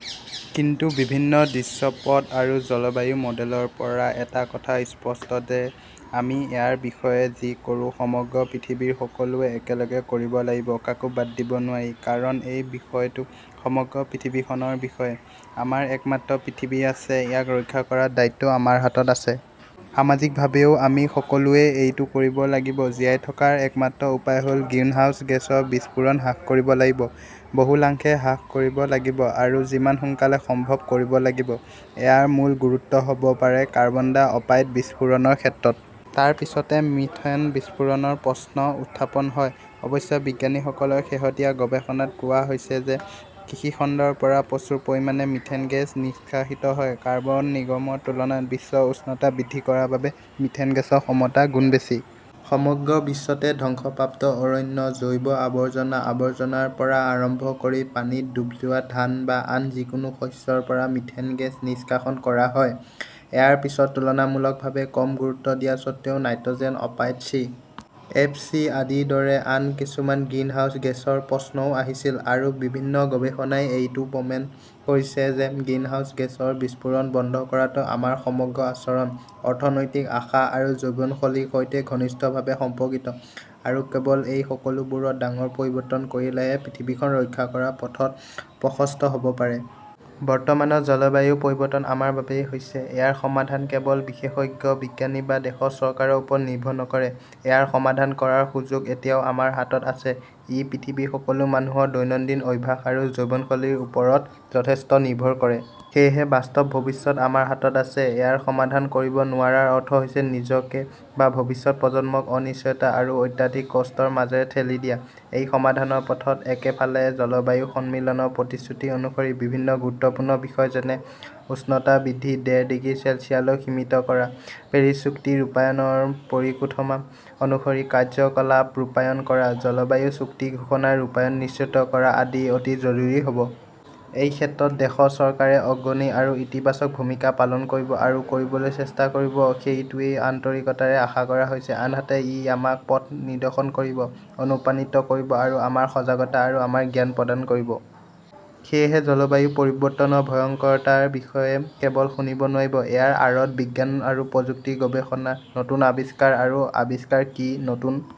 কিন্তু বিভিন্ন দৃশ্যপট আৰু জলবায়ু মডেলৰ পৰা এটা কথা অতি স্পষ্ট যে আমি ইয়াৰ বিষয়ে যি কৰো, সমগ্ৰ পৃথিৱীৰ সকলোৱে একেলগে কৰিব লাগিব, কাকো বাদ দিব নোৱাৰি। কাৰণ বিষয়টো সমগ্ৰ পৃথিৱীখনৰ বিষয়ে। আমাৰ একমাত্ৰ পৃথিৱী আছে, ইয়াক ৰক্ষা কৰাৰ দায়িত্বও আমাৰ হাতত আছে। সামাজিকভাৱেও আমি সকলোৱে এইটো কৰিব লাগিব। জীয়াই থকাৰ একমাত্ৰ উপায় হ "ল-গ্ৰিনহাউজ গেছৰ বিস্ফোৰণ হ্ৰাস কৰিব লাগিব, বহুলাংশে হ্ৰাস কৰিব লাগিব আৰু যিমান সোনকালে সম্ভৱ কৰিব লাগিব। ইয়াৰ মূল গুৰুত্ব হ "ব পাৰে কাৰ্বন ডাই-অপাইড বিস্ফোৰণৰ ক্ষেত্ৰত। তাৰ পিছতে মিথেন বিস্ফোৰণৰ প্ৰশ্ন উত্থাপন হয়। অৱশ্যে বিজ্ঞানীসকলৰ শেহতীয়া গৱেষণাত কোৱা হৈছে যে কৃষি খণ্ডৰ পৰা প্ৰচুৰ পৰিমাণে মিথেন গেছ নিষ্কাশিত হয়। কাৰ্বন নিৰ্গমনৰ তুলনাত বিশ্বৰ উষ্ণতা বৃদ্ধি কৰাৰ বাবে মিথেন গেছৰ ক্ষমতা গুণ বেছি। সমগ্ৰ বিশ্বতে ধ্বংসপ্ৰাপ্ত অৰণ্য, জৈৱ আৱৰ্জনা, আৱৰ্জনাৰ পৰা আৰম্ভ কৰি পানীত ডুব যোৱা ধান বা আন যিকোনো শস্যৰ পৰা মিথেন গেছ নিষ্কাশন কৰা হয়। ইয়াৰ পিছত তুলনামূলকভাৱে কম গুৰুত্ব দিয়া স্বত্বেও নাইট্ৰ "জেন অপাইড, চি. এফ. চি. আদিৰ দৰে আন কিছুমান গ্ৰিনহাউজ গেছৰ প্ৰশ্নও আহিছিল। আৰু বিভিন্ন গৱেষণাই এইটোও প্ৰমাণ কৰিছে যে গ্ৰিনহাউজ গেছৰ বিস্ফোৰণ বন্ধ কৰাটো আমাৰ সমগ্ৰ আচৰণ, অৰ্থনৈতিক আশা আৰু জীৱনশৈলীৰ সৈতে ঘনিষ্ঠভাৱে সম্পৰ্কিত। আৰু কেৱল এই সকলোবোৰত ডাঙৰ পৰিৱৰ্তন কৰিলেহে পৃথিৱীখন ৰক্ষা কৰাৰ পথ প্ৰশস্ত হ "ব পাৰে। বৰ্তমানৰ জলবায়ু পৰিৱৰ্তন আমাৰ বাবেই হৈছে। ইয়াৰ সমাধান কেৱল বিশেষজ্ঞ বিজ্ঞানী বা দেশৰ চৰকাৰৰ ওপৰত নিৰ্ভৰ নকৰে। ইয়াৰ সমাধান কৰাৰ সুযোগ এতিয়াও আমাৰ হাতত আছে। ই পৃথিৱীৰ সকলো মানুহৰ দৈনন্দিন অভ্যাস আৰু জীৱনশৈলীৰ ওপৰত যথেষ্ট নিৰ্ভৰ কৰে। সেয়েহে বাস্তৱত ভৱিষ্যত আমাৰ হাতত আছে। ইয়াৰ সমাধান কৰিব নোৱাৰাৰ অৰ্থ হৈছে নিজকে বা ভৱিষ্যত প্ৰজন্মক অনিশ্চয়তা আৰু অত্যাধিক কষ্টৰ মাজেৰে ঠেলি দিয়া। এই সমাধানৰ পথত একেফালে জলবায়ু সন্মিলনৰ প্ৰতিশ্ৰুতি অনুসৰি বিভিন্ন গুৰুত্বপূৰ্ণ বিষয় যেনেঃ উষ্ণতা বৃদ্ধি ডেৰ ডিগ্ৰী চেলছিয়াছলৈ সীমিত কৰা, পেৰিছ চুক্তি ৰূপায়ণৰ পৰিকাঠামো অনুসৰি কাৰ্যকলাপ ৰূপায়ণ কৰা, জলবায়ু চুক্তি ঘোষণাৰ ৰূপায়ণ নিশ্চিত কৰা আদি অতি জৰুৰী হ 'ব। এই ক্ষেত্ৰত দেশৰ চৰকাৰে অগ্ৰণী আৰু ইতিবাচক ভূমিকা পালন কৰিব আৰু কৰিবলৈ চেষ্টা কৰিব-সেইটোৱেই আন্তৰিকতাৰে আশা কৰা হৈছে। আনহাতে, ই আমাক পথ প্ৰদৰ্শন কৰিব, অনুপ্ৰাণিত কৰিব আৰু আমাৰ সজাগতা আৰু আমাৰ জ্ঞান প্ৰদান কৰিব। সেয়েহে জলবায়ু পৰিৱৰ্তনৰ ভয়ংকৰতাৰ বিষয়ে কেৱল শুনিব নোৱাৰিব। ইয়াৰ আঁৰত বিজ্ঞান আৰু প্ৰযুক্তিৰ গৱেষণা, নতুন আৱিষ্কাৰ আৰু আৱিষ্কাৰ কি, নতুন